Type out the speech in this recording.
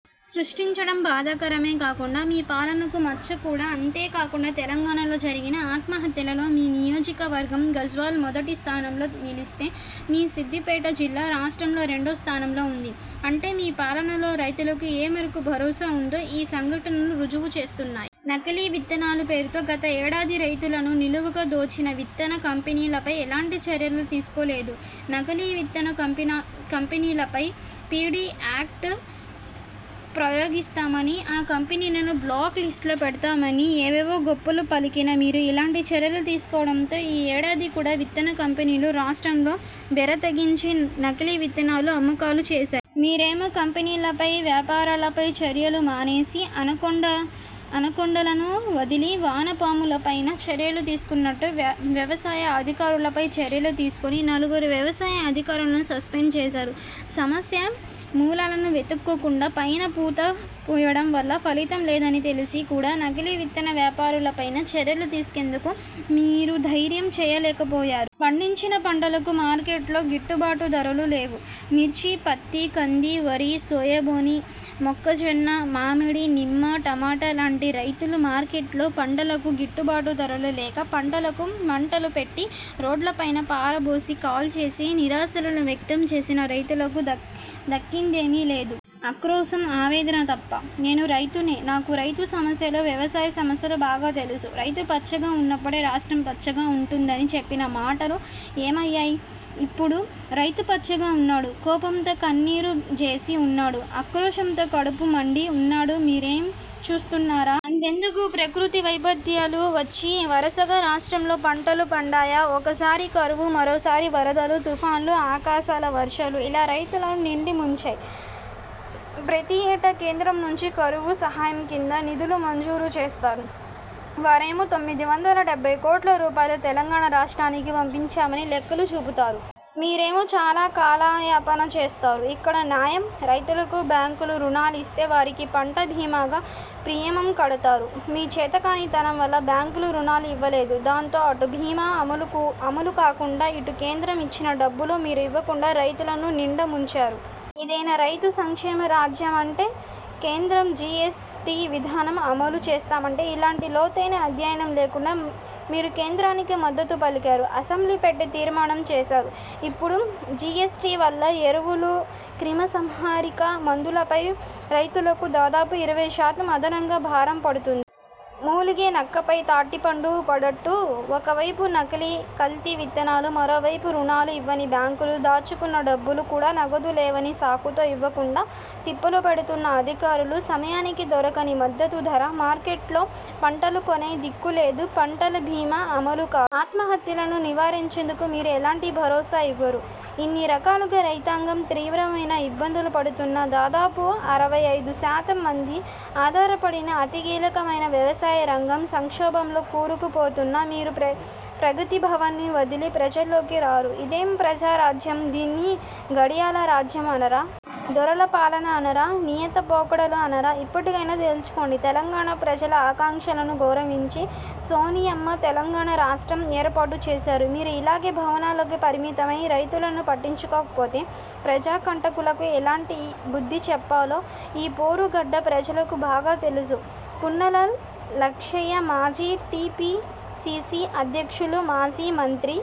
సృష్టించడం బాధాకరమే కాకుండా మీ పాలనకు మచ్చ కూడా. అంతేకాకుండా తెలంగాణలో జరిగిన ఆత్మహత్యలలో మీ నియోజకవర్గం గజ్వేల్ మొదటి స్థానంలో నిలిస్తే మీ సిద్దిపేట జిల్లా రాష్ట్రంలో రెండో స్థానంలో ఉంది. అంటే మీ పాలనలో రైతులకు ఏ మేరకు భరోసా ఉందో ఈ సంఘటనలే రుజువు చేస్తున్నాయి. నకిలీ విత్తనాల పేరుతో గత ఏడాది రైతులను నిలువుగా దోచిన విత్తన కంపెనీలపై ఎలాంటి చర్యలు తీసుకోలేదు. నకిలీ విత్తన కంపెనీలపై పి. డి యాక్డు ప్రయోగిస్తామనీ, ఆ కంపెనీలను బ్లాక్ లిస్టులో పెడతామనీ, ఏవేవో గొప్పలు పలికిన మీరు ఎలాంటి చర్యలు తీసుకోకపోవడంతో ఈ ఏడాది కూడా విత్తన కంపెనీలు రాష్ట్రంలో బరితెగించి నకిలీ విత్తనాలు అమ్మకాలు చేశాయి. మీరేమో కంపెనీలపైన, వ్యాపారులపైన చర్యలు మానేసి, అనకొండలను వదిలి, వానపాములపైన చర్యలు తీసుకున్నట్టు, వ్యవసాయ అధికారులపైన చర్యలు తీసుకొని నలుగురు వ్యవసాయ అధికారులను సస్పెండ్ చేశారు. సమస్య మూలలను వెతకకుండా పైన పూత పూయడం వల్ల ఫలితం లేదని తెలిసి కూడా నకిలీ విత్తన వ్యాపారులపైన చర్యలు తీసుకునేందుకు మీరు దైర్యం చేయలేకపోయారు. పండించిన పంటలకు మార్కెట్లలో గిట్టుబాటు ధరలు లేవు. మిర్చి, పత్తి, కంది, వరి, సోయాబీన్, మొక్కజొన్న, మామిడి, నిమ్మ, టమాట లాంటి రైతులు మార్కెట్లలో పంటలకు గిట్టుబాటు ధరలు లేక, పంటలకు మంటలు పెట్టి, రోడ్లపైన పారబోసి, కాల్చేసి నిరసనలు వ్యక్తం చేసినా రైతులకు దక్కిందేమీ లేదు. ఆక్రోశం, ఆవేదన తప్ప. ''నేనూ రైతునే. నాకు రైతు సమస్యలు, వ్యవసాయ సమస్యలు బాగా తెలుసు. రైతు పచ్చగా ఉన్నప్పుడే రాష్ట్రం పచ్చగా ఉంటుం''దని చెప్పిన మాటలు ఏమయ్యాయి. ఇప్పుడు రైతు పచ్చగా ఉన్నాడా, కోపంతో కన్నెర్ర జేసి ఉన్నాడా, ఆక్రోశంతో కడుపు మండి ఉన్నాడామీరు చూస్తున్నరా? అంతెందుకు ప్రకృతి వైపరీత్యాలు వచ్చి వరసగా రాష్ట్రంలో పంటలు పాడయ్యాయి. ఒకసారి కరువు, మరోసారి వరదలు, తుఫానులు, అకాల వర్షాలు ఇలా రైతులను నిండా ముంచాయి. ప్రతి ఏటా కేంద్రం నుంచి కరువు సహాయం కింద నిధులు మంజూరు చేస్తారు. వారేమో తొమ్మిది వందల డెబ్బై కోట్ల రూపాయలు తెలంగాణ రాష్ట్రానికి పంపించామని లెక్కలు చెపుతారు. మీరేమో చాల కాలయాపన చేస్తారు. ఇదెక్కడ న్యాయం? రైతులకు బ్యాంకులు రుణాలు ఇస్తే వారికి పంట బీమాకు ప్రీమియం కడుతారు. మీ చేతకానితనం వల్ల బ్యాంకులు రుణాలు ఇవ్వలేదు. దాంతో అటు బీమా అమలు కాకుండా, ఇటు కేంద్రం ఇచ్చిన డబ్బులు మీరు ఇవ్వకుండా రైతులను నిండా ముంచారు. ఇదేనా రైతు సంక్షేమ రాజ్యం అంటే? కేంద్రం జి. ఎస్. టి విధానం అమలు చేస్తామంటే ఎలాంటి లోతైన అధ్యయనం లేకుండా మీరు కేంద్రానికి మద్దతు పలికారు, అసెంబ్లీ పెట్టి తీర్మానం చేశారు. ఇప్పడేమో జి. ఎస్. టి వల్ల ఎరువులు, క్రిమిసంహారక మందులపై రైతులకు దాదాపు ఇరవై శాతం అదనంగా భారం పడుతుంది. మూలిగే నక్కపై తాటిపండు పడ్డట్టు, ఒకవైపు నకిలీ, కల్తీ విత్తనాలు, మరోవైపు రుణాలు ఇవ్వని బ్యాంకులు, దాచుకున్న డబ్బులు కూడా నగదు లేవనే సాకుతో ఇవ్వకుండా తిప్పలు పెడుతున్న అధికారులు, సమయానికి దొరకని మద్దతు ధర, మార్కెట్లలో పంటలకు కొనే దిక్కులేదు, పంటల బీమా అమలు కాదు. ఆత్మహత్యలను నివారించేందుకు మీరు ఎలాంటి భరోసా ఇవ్వరు, ఇన్ని రకాలుగా రైతాంగం తీవ్రమైన ఇబ్బందులు పడుతున్నా, దాదాపు అరవై ఐదు శాతం మంది ఆధారపడిన అతి కీలకమైన వ్యవసాయం రంగం సంక్షోభంలో కూరుకుపోతున్నా, మీరు ప్రగతిభవన్ వదిలి ప్రజల్లోకి రారు. ఇదేమి ప్రజా రాజ్యం. దీన్ని గడీల రాజ్యం అనరా? దొరల పాలన అనరా? నియంత పోకడలు అనరా? ఇప్పటికైనా తేల్చుకోండి. తెలంగాణ ప్రజల ఆకాంక్షలను గౌరవించి సోనియమ్మ తెలంగాణ రాష్ట్రం ఏర్పాటు చేశారు. మీరు ఇలాగే భవన్లకు పరిమితమై రైతులను పట్టించుకోకపోతే ప్రజా కంటకులకు ఎలాంటి బుద్ధి చెప్పాలో ఈ పోరు గడ్డ ప్రజలకు బాగా తెలుసు. పొన్నాల లక్ష్మయ్యమాజీ టిపిసిసి అధ్యక్షులు, మాజీ మంత్రి